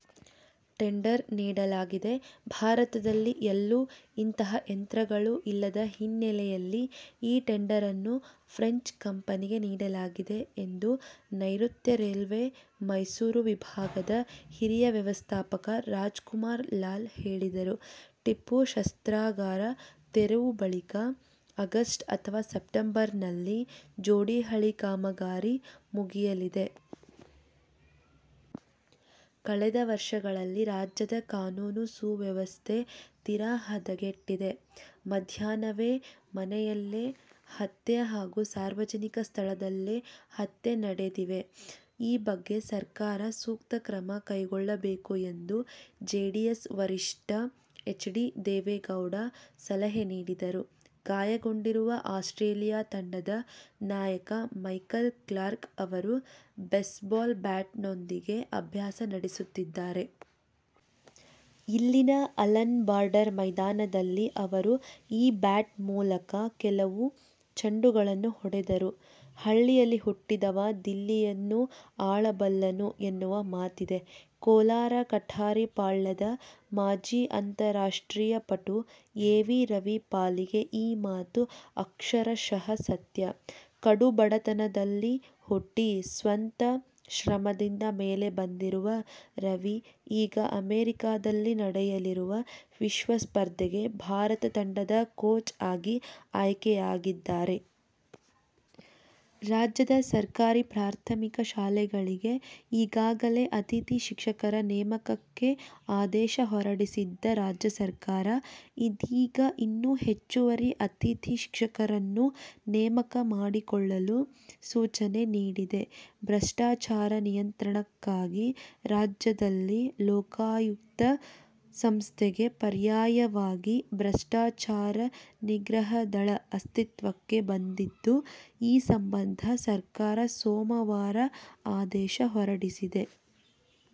Tender ನೀಡಲಾಗಿದೆ. ಭಾರತದಲ್ಲಿ ಎಲ್ಲೂ ಇಂತಹ ಯಂತ್ರಗಳು ಇಲ್ಲದ ಹಿನ್ನೆಲೆಯಲ್ಲಿ ಈ ಟೆಂಡರನ್ನು ಫ್ರೆಂಚ್ ಕಂಪನಿಗೆ ನೀಡಲಾಗಿದೆ ಎಂದು ನೈರುತ್ಯ ರೈಲ್ವೆ ಮೈಸೂರು ವಿಭಾಗದ ಹಿರಿಯ ವ್ಯವಸ್ಥಾಪಕ ರಾಜ್ಕುಮಾರ್ ಲಾಲ್ ಹೇಳಿದರು. ಟಿಪ್ಪು ಶಸ್ತ್ರಾಗಾರ ತೆರವು ಬಳಿಕ ಆಗಸ್ಟ್ ಅಥವಾ ಸೆಪ್ಟೆಂಬರ್ನಲ್ಲಿ ಜೋಡಿಹಳಿ ಕಾಮಗಾರಿ ಮುಗಿಯಲಿದೆ. ಕಳೆದ ವರ್ಷಗಳಲ್ಲಿ ರಾಜ್ಯದ ಕಾನೂನು-ಸುವ್ಯವಸ್ಥೆ ತೀರಾ ಹದಗೆಟ್ಟಿದೆ. ಮಧ್ಯಾಹ್ನವೇ ಮನೆಯಲ್ಲೇ ಹತ್ಯೆ ಹಾಗೂ ಸಾರ್ವಜನಿಕ ಸ್ಥಳದಲ್ಲೇ ಹತ್ಯೆ ನಡೆದಿವೆ. ಈ ಬಗ್ಗೆ ಸರ್ಕಾರ ಸೂಕ್ತ ಕ್ರಮ ಕೈಗೊಳ್ಳಬೇಕು ಎಂದು ಜೆಡಿಎಸ್ ವರಿಷ್ಠ ಎಚ್. ಡಿ. ದೇವೇಗೌಡ ಸಲಹೆ ನೀಡಿದರು. ಗಾಯಗೊಂಡಿರುವ ಆಸ್ಟ್ರೇಲಿಯ ತಂಡದ ನಾಯಕ ಮೈಕಲ್ ಕ್ಲಾರ್ಕ್ ಅವರು ಬೇಸ್ಬಾಲ್ ಬ್ಯಾಟ್ನೊಂದಿಗೆ ಅಭ್ಯಾಸ ನಡೆಸುತ್ತಿದ್ದಾರೆ. ಇಲ್ಲಿನ ಅಲನ್ ಬಾರ್ಡರ್ ಮೈದಾನದಲ್ಲಿ ಅವರು ಈ ಬ್ಯಾಟ್ ಮೂಲಕ ಕೆಲವು ಚೆಂಡುಗಳನ್ನು ಹೊಡೆದರು. ಹಳ್ಳಿಯಲ್ಲಿ ಹುಟ್ಟಿದವ ದಿಲ್ಲಿಯನ್ನೂ ಆಳಬಲ್ಲನು ಎನ್ನುವ ಮಾತಿದೆ. ಕೋಲಾರ ಕಠಾರಿಪಾಳ್ಯದ ಮಾಜಿ ಅಂತಾರಾಷ್ಟ್ರೀಯ ಪಟು ಎ. ವಿ. ರವಿ ಪಾಲಿಗೆ ಈ ಮಾತು ಅಕ್ಷರಶಃ ಸತ್ಯ. ಕಡುಬಡತನದಲ್ಲಿ ಹುಟ್ಟಿ ಸ್ವಂತ ಶ್ರಮದಿಂದ ಮೇಲೆ ಬಂದಿರುವ ರವಿ ಈಗ ಅಮೆರಿಕದಲ್ಲಿ ನಡೆಯಲಿರುವ ವಿಶ್ವ ಸ್ಪರ್ಧೆಗೆ ಭಾರತ ತಂಡದ ಕೋಚ್ ಆಗಿ ಆಯ್ಕೆಯಾಗಿದ್ದಾರೆ. ರಾಜ್ಯದ ಸರ್ಕಾರಿ ಪ್ರಾಥಮಿಕ ಶಾಲೆಗಳಿಗೆ ಈಗಾಗಲೇ ಅತಿಥಿ ಶಿಕ್ಷಕರ ನೇಮಕಕ್ಕೆ ಆದೇಶ ಹೊರಡಿಸಿದ್ದ ರಾಜ್ಯ ಸರ್ಕಾರ, ಇದೀಗ ಇನ್ನೂ ಹೆಚ್ಚುವರಿ ಅತಿಥಿ ಶಿಕ್ಷಕರನ್ನು ನೇಮಕ ಮಾಡಿಕೊಳ್ಳಲು ಸೂಚನೆ ನೀಡಿದೆ. ಭ್ರಷ್ಟಾಚಾರ ನಿಯಂತ್ರಣಕ್ಕಾಗಿ ರಾಜ್ಯದಲ್ಲಿ ಲೋಕಾಯುಕ್ತ ಸಂಸ್ಥೆಗೆ ಪರ್ಯಾಯ ವಾಗಿ "ಭ್ರಷ್ಟಾಚಾರ ನಿಗ್ರಹ ದಳ' ಅಸ್ತಿತ್ವಕ್ಕೆ ಬಂದಿದ್ದು, ಈ ಸಂಬಂಧ ಸರ್ಕಾರ ಸೋಮವಾರ ಆದೇಶ ಹೊರಡಿಸಿದೆ.